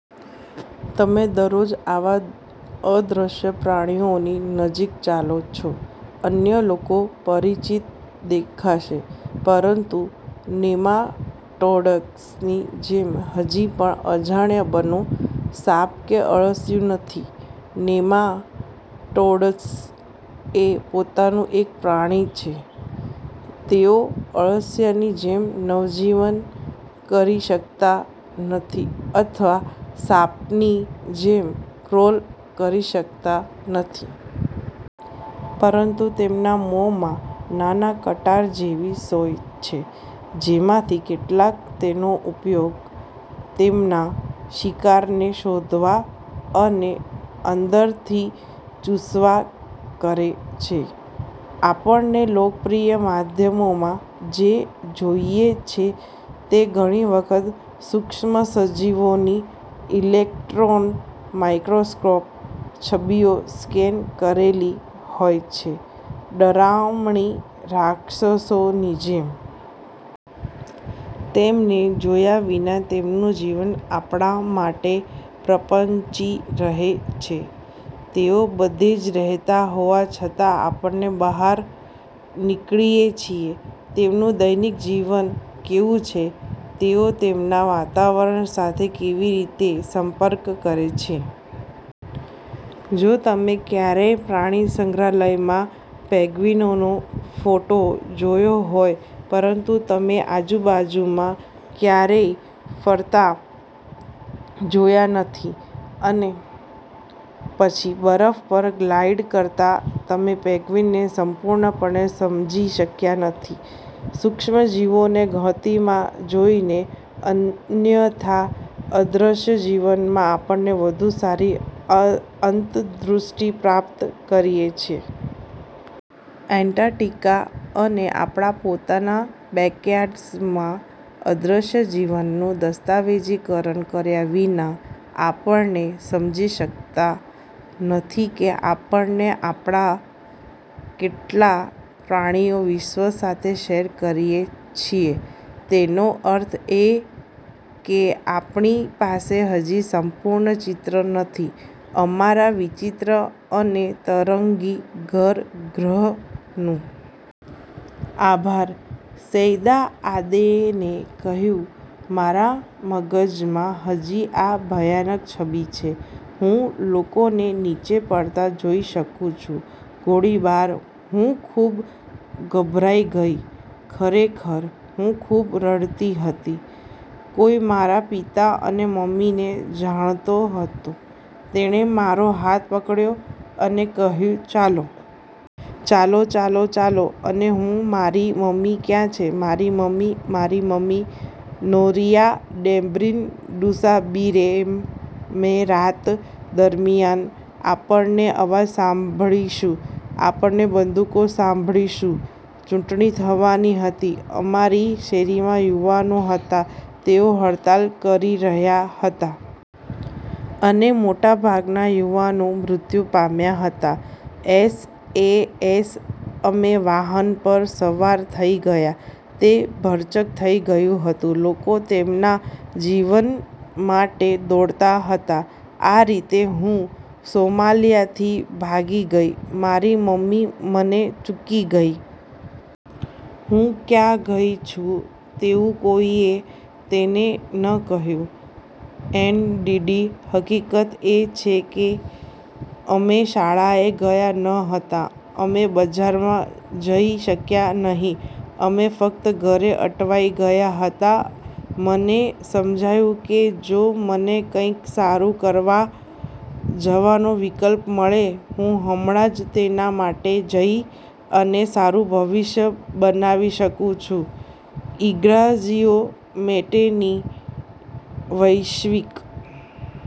તમે દરરોજ આવા અદ્રશ્ય પ્રાણીઓની નજીક ચાલો છો. અન્ય લોકો પરિચિત દેખાશે, પરંતુ નેમાટોડ્સની જેમ, હજી પણ અજાણ્યા બનો. સાપ કે અળસિયું નથી, નેમાટોડ્સ એ પોતાનું એક પ્રાણી છે. તેઓ અળસિયાની જેમ નવજીવન કરી શકતા નથી અથવા સાપની જેમ ક્રોલ કરી શકતા નથી. પરંતુ તેમના મોંમાં નાના, કટાર જેવી સોય છે જેમાંથી કેટલાક તેનો ઉપયોગ તેમના શિકાર ને શોધવા અને અંદરથી ચૂસવા કરે છે. આપણે લોકપ્રિય માધ્યમોમાં જે જોઈએ છે તે ઘણી વખત સુક્ષ્મસજીવોની ઇલેક્ટ્રોન માઇક્રોસ્કોપ છબીઓ સ્કેન કરેલી હોય છે ડરામણી રાક્ષસો ની જેમ. તેમને જોયા વિના તેમનું જીવન આપણા માટે પ્રપંચી રહે છે તેઓ બધે જ રહેતા હોવા છતાં આપણે બહાર નીકળીએ છીએ. તેમનું દૈનિક જીવન કેવું છે? તેઓ તેમના વાતાવરણ સાથે કેવી રીતે સંપર્ક કરે છે? જો તમે ક્યારેય પ્રાણી સંગ્રહાલયમાં પેન્ગ્વીનનો ફોટો જોયો હોય, પરંતુ તમે આજુબાજુમાં ક્યારેય ફરતા જોયા નથી અને પછી બરફ પર ગ્લાઇડ કરતા, તમે પેન્ગ્વિનને સંપૂર્ણપણે સમજી શક્યા નથી. સૂક્ષ્મ જીવોને ગતિમાં જોઈને, અન્યથા અદૃશ્ય જીવનમાં આપણે વધુ સારી અંતદૃષ્ટિ પ્રાપ્ત કરીએ છીએ. એન્ટાર્કટિકા અને આપણા પોતાના બેકયાર્ડ્સમાં અદ્રશ્ય જીવનનું દસ્તાવેજીકરણ કર્યા વિના, આપણે સમજી શકતા નથી કે આપણે આપણા કેટલા પ્રાણીઓ વિશ્વ સાથે શેર કરીએ છીએ. તેનો અર્થ એ કે આપણી પાસે હજી સંપૂર્ણ ચિત્ર નથી અમારા વિચિત્ર અને તરંગી ઘર ગ્રહ નું. આભાર. સૈદા આદેને કહ્યું: મારા મગજમાં હજી આ ભયાનક છબી છે. હું લોકોને નીચે પડતા જોઈ શકુ છું, ગોળીબાર. હું ખૂબ ગભરાઈ ગઈ. ખરેખર, હું ખૂબ રડતી હતી. કોઈ મારા। પિતા અને મમ્મીને જાણતો હતો તેણે મારો હાથ પકડ્યો, અને કહ્યું, "ચાલો! ચાલો! ચાલો! ચાલો! " અને હું, "મારી મમ્મી ક્યાં છે? મારી મમ્મી? મારી મમ્મી? " નોરીઆ ડેમ્બ્રીન ડુસાબીરેમે: રાત દરમિયાન આપણે અવાજ સાંભળીશું, આપણે બંદૂકો સાંભળીશું. ચૂંટણી થવાની હતી. અમારી શેરીમાં યુવાનો હતા, તેઓ હડતાલ કરી રહ્યા હતા. અને મોટાભાગના યુવાનો મૃત્યુ પામ્યા હતા. એસ. એ. એસ.: અમે વાહન પર સવાર થઇ ગયા. તે ભરચક થઈ ગયું હતું. લોકો તેમના જીવન માટે દોડતા હતા. આ રીતે હું સોમાલિયાથી ભાગી ગઈ. મારી મમ્મી મને ચૂકી ગઈ. હું ક્યાં ગઈ છું તેવું કોઈએ તેને ન કહ્યું. એનડીડી: હકીકત એ છે કે અમે શાળાએ ગયા ન હતા, અમે બજારમાં જઈ શક્યા નહીં, અમે ફક્ત ઘરે અટવાઈ ગયા હતા મને સમજાયું કે જો મને કંઈક સારું કરવા જવાનો વિકલ્પ મળે, હું હમણાં જ તેના માટે જઈ અને સારું ભવિષ્ય બનાવી શકું છું. ઇગ્નાઝિઓ મેટ્ટેની: વૈશ્વિક